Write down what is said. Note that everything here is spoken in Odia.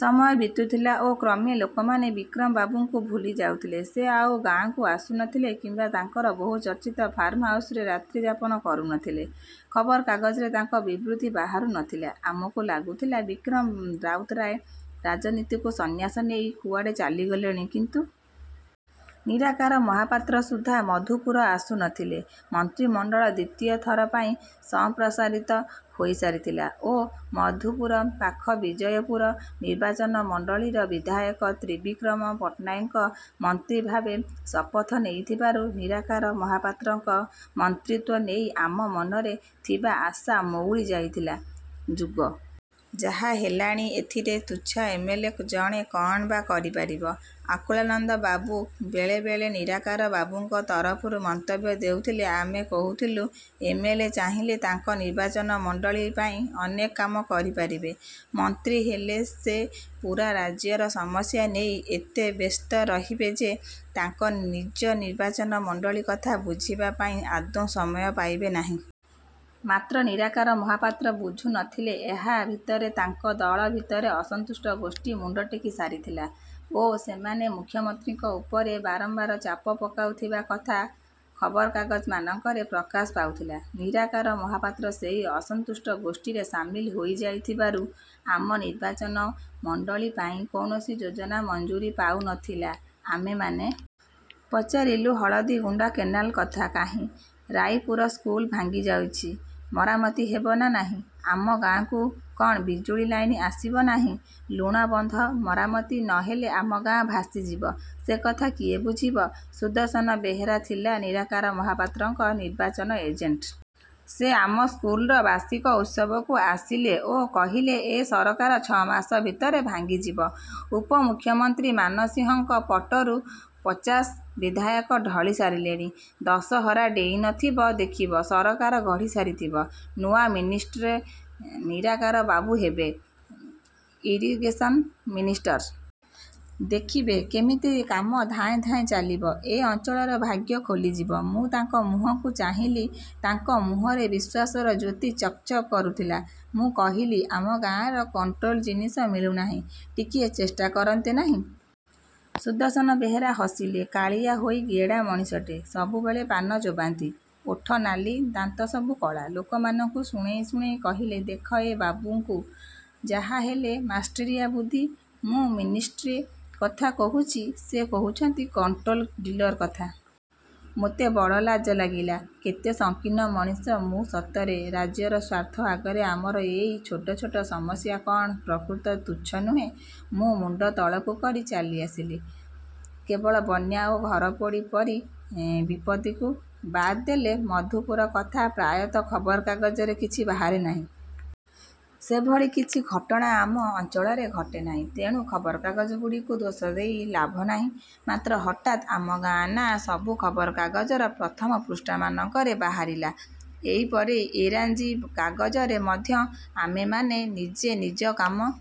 ସମୟ ବିତୁଥିଲା ଓ କ୍ରମେ ଲୋକମାନେ ବିକ୍ରମବାବୁଙ୍କୁ ଭୁଲି ଯାଉଥିଲେ। ସେ ଆଉ ଗାଁକୁ ଆସୁ ନଥିଲେ କିମ୍ବା ତାଙ୍କର ବହୁଚର୍ଚ୍ଚିତ 'ଫାର୍ମହାଉସ୍'ରେ ରାତ୍ରିଯାପନ କରୁ ନଥିଲେ। ଖବରକାଗଜରେ ତାଙ୍କ ବିବୃତି ବାହାରୁ ନଥିଲା। ଆମକୁ ଲାଗୁଥିଲା ବିକ୍ରମ ରାଉତରାୟ ରାଜନୀତିରକୁ ସନ୍ନ୍ୟାସ ନେଇ କୁଆଡ଼େ ଚାଲିଗଲେଣି। କିନ୍ତୁ ନିରାକାର ମହାପାତ୍ର ସୁଦ୍ଧା ମଧୁପୁର ଆସୁ ନଥିଲେ। ମନ୍ତ୍ରୀମଣ୍ଡଳ ଦ୍ୱିତୀୟ ଥର ପାଇଁ ସମ୍ପ୍ରସାରିତ ହୋଇସାରିଥିଲା ଓ ମଧୁପୁର ପାଖ ବିଜୟପୁର ନିର୍ବାଚନ ମଣ୍ଡଳୀର ବିଧାୟକ ତ୍ରିବିକ୍ରମ ପଟ୍ଟନାୟକ ମନ୍ତ୍ରୀ ଭାବେ ଶପଥ ନେଇଥିବାରୁ ନିରାକାର ମହାପାତ୍ରଙ୍କ ମନ୍ତ୍ରୀତ୍ୱ ନେଇ ଆମ ମନରେ ଥିବା ଆଶା ମଉଳି ଯାଇଥିଲା।"ଯୁଗ ଯାହା ହେଲାଣି, ଏଥିରେ ତୁଚ୍ଛା ଏମ୍.ଏଲ୍.ଏ. ଜଣେ କ'ଣ ବା କରି ପାରିବ?" ଆକୁଳାନନ୍ଦ ବାବୁ ବେଳେବେଳେ ନିରାକାର ବାବୁଙ୍କ ତରଫରୁ ମନ୍ତବ୍ୟ ଦେଉଥିଲେ। ଆମେ କହୁଥିଲୁ, "ଏମ୍.ଏଲ୍.ଏ. ଚାହିଁଲେ ତାଙ୍କ ନିର୍ବାଚନ ମଣ୍ଡଳୀ ପାଇଁ ଅନେକ କାମ କରି ପାରିବେ। ମନ୍ତ୍ରୀ ହେଲେ ସେ ପୂରା ରାଜ୍ୟର ସମସ୍ୟା ନେଇ ଏତେ ବ୍ୟସ୍ତ ରହିବେ ଯେ ତାଙ୍କ ନିଜ ନିର୍ବାଚନ ମଣ୍ଡଳୀ କଥା ବୁଝିବା ପାଇଁ ଆଦୌ ସମୟ ପାଇବେ ନାହିଁ।" ମାତ୍ର ନିରାକାର ମହାପାତ୍ର ବୁଝୁ ନଥିଲେ। ଏହା ଭିତରେ ତାଙ୍କ ଦଳ ଭିତରେ ଅସନ୍ତୁଷ୍ଟ ଗୋଷ୍ଠୀ ମୁଣ୍ଡ ଟେକି ସାରିଥିଲା ଓ ସେମାନେ ମୁଖ୍ୟମନ୍ତ୍ରୀଙ୍କ ଉପରେ ବାରମ୍ବାର ଚାପ ପକାଉଥିବା କଥା ଖବରକାଗଜମାନଙ୍କରେ ପ୍ରକାଶ ପାଉଥିଲା। ନିରାକାର ମହାପାତ୍ର ସେଇ ଅସନ୍ତୁଷ୍ଟ ଗୋଷ୍ଠୀରେ ସାମିଲ ହୋଇଯାଇଥିବାରୁ ଆମ ନିର୍ବାଚନ ମଣ୍ଡଳୀ ପାଇଁ କୌଣସି ଯୋଜନା ମଞ୍ଜୁରି ପାଉ ନଥିଲା। ଆମେମାନେ ପଚାରିଲୁ, "ହଳଦୀଗୁଣ୍ଡ କେନାଲ କଥା କାହିଁ?""ରାଇପୁର ସ୍କୁଲ ଭାଙ୍ଗି ଯାଉଛି। ମରାମତି ହେବ ନା ନାହିଁ?""ଆମ ଗାଁକୁ କ'ଣ ବିଜୁଳି ଲାଇନ୍ ଆସିବ ନାହିଁ?" "ଲୁଣବନ୍ଧ ମରାମତି ନହେଲେ ଆମ ଗାଁ ଭାସି ଯିବ। ସେକଥା କିଏ ବୁଝିବ?"ସୁଦର୍ଶନ ବେହେରା ଥିଲା ନିରାକାର ମହାପାତ୍ରଙ୍କ ନିର୍ବାଚନ ଏଜେଣ୍ଟ୍। ସେ ଆମ ସ୍କୁଲର ବାର୍ଷିକ ଉତ୍ସବକୁ ଆସିଲେ ଓ କହିଲେ, "ଏ ସରକାର ଛଅ ମାସ ଭିତରେ ଭାଙ୍ଗି ଯିବ। ଉପମୁଖ୍ୟମନ୍ତ୍ରୀ ମାନସିଂହଙ୍କ ପଟରୁ ପଚାଶ ବିଧାୟକ ଢଳି ସାରିଲେଣି। ଦଶହରା ଡେଇଁ ନଥିବ, ଦେଖିବ ସରକାର ଗଢିସାରିଥିବ। ନୂଆ 'ମିନିଷ୍ଟ୍ରେ' ନିରାକାର ବାବୁ ହେବେ ଇରିଗେସନ୍ ମିନିଷ୍ଟର। ଦେଖିବେ, କେମିତି କାମ ଧାଏଁ ଧାଏଁ ଚାଲିବ। ଏ ଅଞ୍ଚଳର ଭାଗ୍ୟ ଖୋଲି ଯିବ।" ମୁଁ ତାଙ୍କ ମୁହଁକୁ ଚାହିଁଲି। ତାଙ୍କ ମୁହଁରେ ବିଶ୍ୱାସର ଜ୍ୟୋତି ଚକ୍ ଚକ୍ କରୁଥିଲା। ମୁଁ କହିଲି, "ଆମ ଗାଁରେ କଣ୍ଟ୍ରୋଲ ଜିନିଷ ମିଳୁନାହିଁ, ଟିକିଏ ଚେଷ୍ଟା କରନ୍ତେ ନାହିଁ?" ସୁଦର୍ଶନ ବେହେରା ହସିଲେ। କାଳିଆ ହୋଇ ଗେଡ଼ା ମଣିଷଟେ। ସବୁବେଳେ ପାନ ଚୋବାନ୍ତି। ଓଠ ନାଲି, ଦାନ୍ତ ସବୁ କଳା। ଲୋକମାନଙ୍କୁ ଶୁଣେଇ ଶୁଣେଇ କହିଲେ, "ଦେଖ ଏ ବାବୁଙ୍କୁ, ଯାହା ହେଲେ ମାଷ୍ଟରିଆ ବୁଦ୍ଧି! ମୁଁ ମିନିଷ୍ଟ୍ରୀ କଥା କହୁଛି, ସେ କହୁଛନ୍ତି କଣ୍ଟ୍ରୋଲ ଡିଲର କଥା!" ମୋତେ ବଡ଼ ଲାଜ ଲାଗିଲା। କେତେ ସଂକୀର୍ଣ୍ଣ ମଣିଷ ମୁଁ ସତରେ! ରାଜ୍ୟର ସ୍ୱାର୍ଥ ଆଗରେ ଆମର ଏଇ ଛୋଟ ଛୋଟ ସମସ୍ୟା କ'ଣ ପ୍ରକୃତରେ ତୁଚ୍ଛ ନୁହେଁ! ମୁଁ ମୁଣ୍ଡ ତଳକୁ କରି ଚାଲି ଆସିଲି। କେବଳ ବନ୍ୟା ଓ ଘରପୋଡ଼ି ପରି ବିପତ୍ତିକୁ ବାଦ୍ ଦେଲେ ମଧୁପୁର କଥା ପ୍ରାୟତଃ ଖବରକାଗଜରେ କିଛି ବାହାରେ ନାହିଁ। ସେଭଳି କିଛି ଘଟଣା ଆମ ଅଞ୍ଚଳରେ ଘଟେ ନାହିଁ, ତେଣୁ ଖବରକାଗଜଗୁଡ଼ିକୁ ଦୋଷ ଦେଇ ଲାଭ ନାହିଁ। ମାତ୍ର ହଠାତ୍ ଆମ ଗାଁ ନାଁ ସବୁ ଖବରକାଗଜର ପ୍ରଥମ ପୃଷ୍ଠାମାନଙ୍କରେ ବାହାରିଲା, ଏହିପରି ଇରାଜୀ କାଗଜରେ ମଧ୍ୟ। ଆମେମାନେ ନିଜ ନିଜ କାମ...